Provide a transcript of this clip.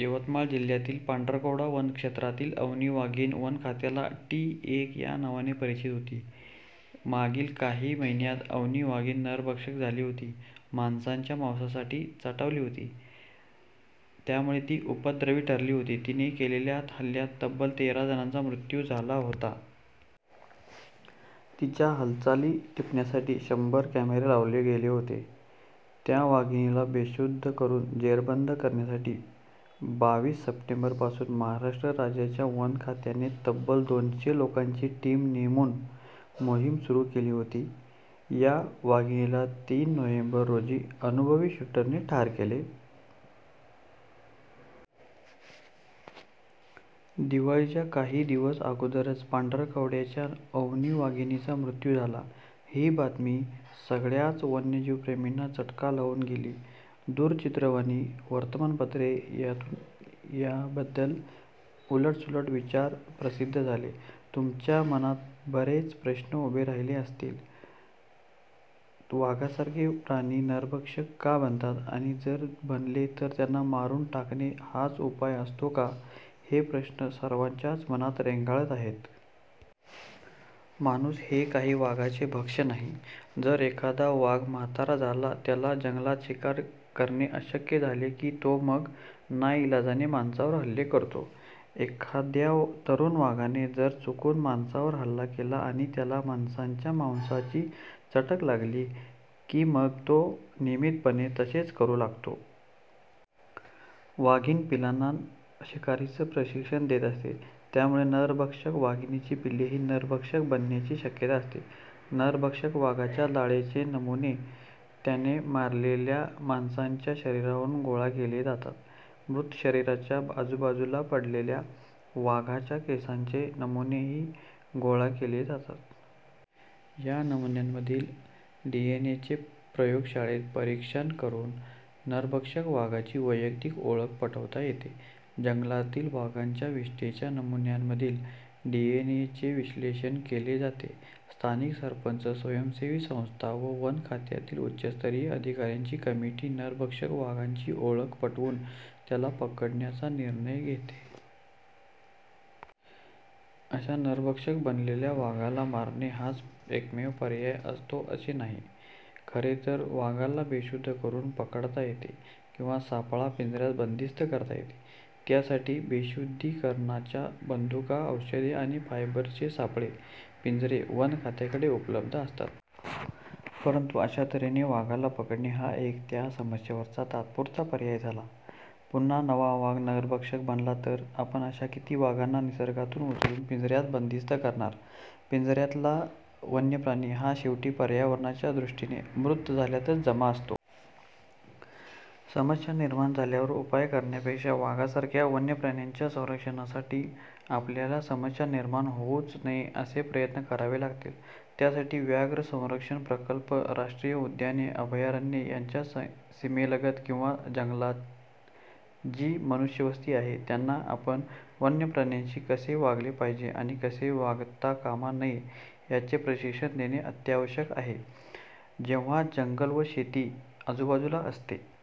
यवतमाळ जिल्ह्यातील पांढरकवडा वनक्षेत्रातील अवनी वाघीण वनखात्याला 'टी-एक' या नावाने परिचित होती. मागील काही महिन्यांत अवनी वाघीण नरभक्षक झाली होती. माणसाच्या मांसासाठी चटावली होती, त्यामुळे ती उपद्रवी ठरली होती. तिने केलेल्या हल्ल्यात तब्बल तेरा जणांचा मृत्यू झाला होता. तिच्या हालचाली टिपण्यासाठी शंभर कॅमेरे लावले गेले होते. त्या वाघिणीला बेशुद्ध करून जेरबंद करण्यासाठी बावीस सप्टेंबरपासून महाराष्ट्र राज्याच्या वनखात्याने तब्बल दोनशे लोकांची टीम नेमून मोहीम सुरू केली होती. या वाघिणीला तीन नोव्हेंबर रोजी अनुभवी शूटरने ठार केले. दिवाळीच्या काही दिवस अगोदरच पांढरकवड्याच्या अवनी वाघिणीचा मृत्यू झाला. ही बातमी सगळ्याच वन्यजीवप्रेमींना चटका लावून गेली. दूरचित्रवाणी, वर्तमानपत्रे यांतून याबद्दल उलटसुलट विचार प्रसिद्ध झाले. तुमच्याही मनात बरेच प्रश्न उभे राहिले असतील. वाघासारखे प्राणी नरभक्षक का बनतात, आणि जर बनले तर त्यांना मारून टाकणे हाच उपाय असतो का- हे प्रश्न सर्वांच्याच मनात रेंगाळत आहेत. माणूस हे काही वाघाचे भक्ष नाही. जर एखादा वाघ म्हातारा झाला, त्याला जंगलात शिकार करणे अशक्य झाले की तो मग नाईलाजाने माणसावर हल्ले करतो. एखाद्या तरुण वाघाने जर चुकून माणसावर हल्ला केला आणि त्याला माणसाच्या मांसाची चटक लागली की, मग तो नियमितपणे तसेच करू लागतो. वाघीण पिल्लांना शिकारीचं प्रशिक्षण देत असते, त्यामुळे नरभक्षक वाघिणीची पिल्लेही नरभक्षक बनण्याची शक्यता असते. नरभक्षक वाघाच्या लाळेचे नमुने त्याने मारलेल्या माणसाच्या शरीरावरून गोळा केले जातात. मृत शरीराच्या आजूबाजूला पडलेल्या वाघाच्या केसांचे नमुनेही गोळा केले जातात. या नमुन्यांमधील डी.एन.ए. चे प्रयोगशाळेत परीक्षण करून नरभक्षक वाघाची वैयक्तिक ओळख पटवता येते. जंगलातील वाघांच्या विष्ठेच्या नमुन्यांमधील डी.एन.ए. चे विश्लेषण केले जाते. स्थानिक सरपंच, स्वयंसेवी संस्था व वनखात्यातील उच्चस्तरीय अधिकाऱ्यांची कमिटी नरभक्षक वाघाची ओळख पटवून त्याला पकडण्याचा निर्णय घेते. अशा नरभक्षक बनलेल्या वाघाला मारणे हाच एकमेव पर्याय असतो असे नाही, खरेतर. वाघाला बेशुद्ध करून पकडता येते किंवा सापळा पिंजऱ्यात बंदिस्त करता येते. त्यासाठीच्या बेशुद्धीकरणाच्या बंदुका, औषधे आणि फायबरचे सापळे, पिंजरे वनखात्याकडे उपलब्ध असतात. परंतु अशा तऱ्हेने वाघाला पकडणे हा एक त्या समस्येवरचा तात्पुरता उपाय झाला. पुन्हा नवा वाघ नरभक्षक बनला तर आपण अशा किती वाघांना निसर्गातून उचलून पिंजऱ्यात बंदिस्त करणार? पिंजऱ्यातला वन्यप्राणी हा शेवटी पर्यावरणाच्या दृष्टीने मृत झाल्यातच जमा असतो. समस्या निर्माण झाल्यावर उपाय करण्यापेक्षा वाघासारख्या वन्यप्राण्यांच्या संरक्षणासाठी आपल्याला समस्या निर्माण होऊच नये असे प्रयत्न करावे लागतील. त्यासाठी व्याघ्र संरक्षण प्रकल्प, राष्ट्रीय उद्याने, अभयारण्ये यांच्या सीमेलगत किंवा जंगलात जी मनुष्यवस्ती आहे, त्यांना आपण वन्यप्राण्यांशी कसे वागले पाहिजे आणि कसे वागता कामा नये, याचे प्रशिक्षण देणे अत्यावश्यक आहे. जेव्हा जंगल व शेती बाजूबाजूला असते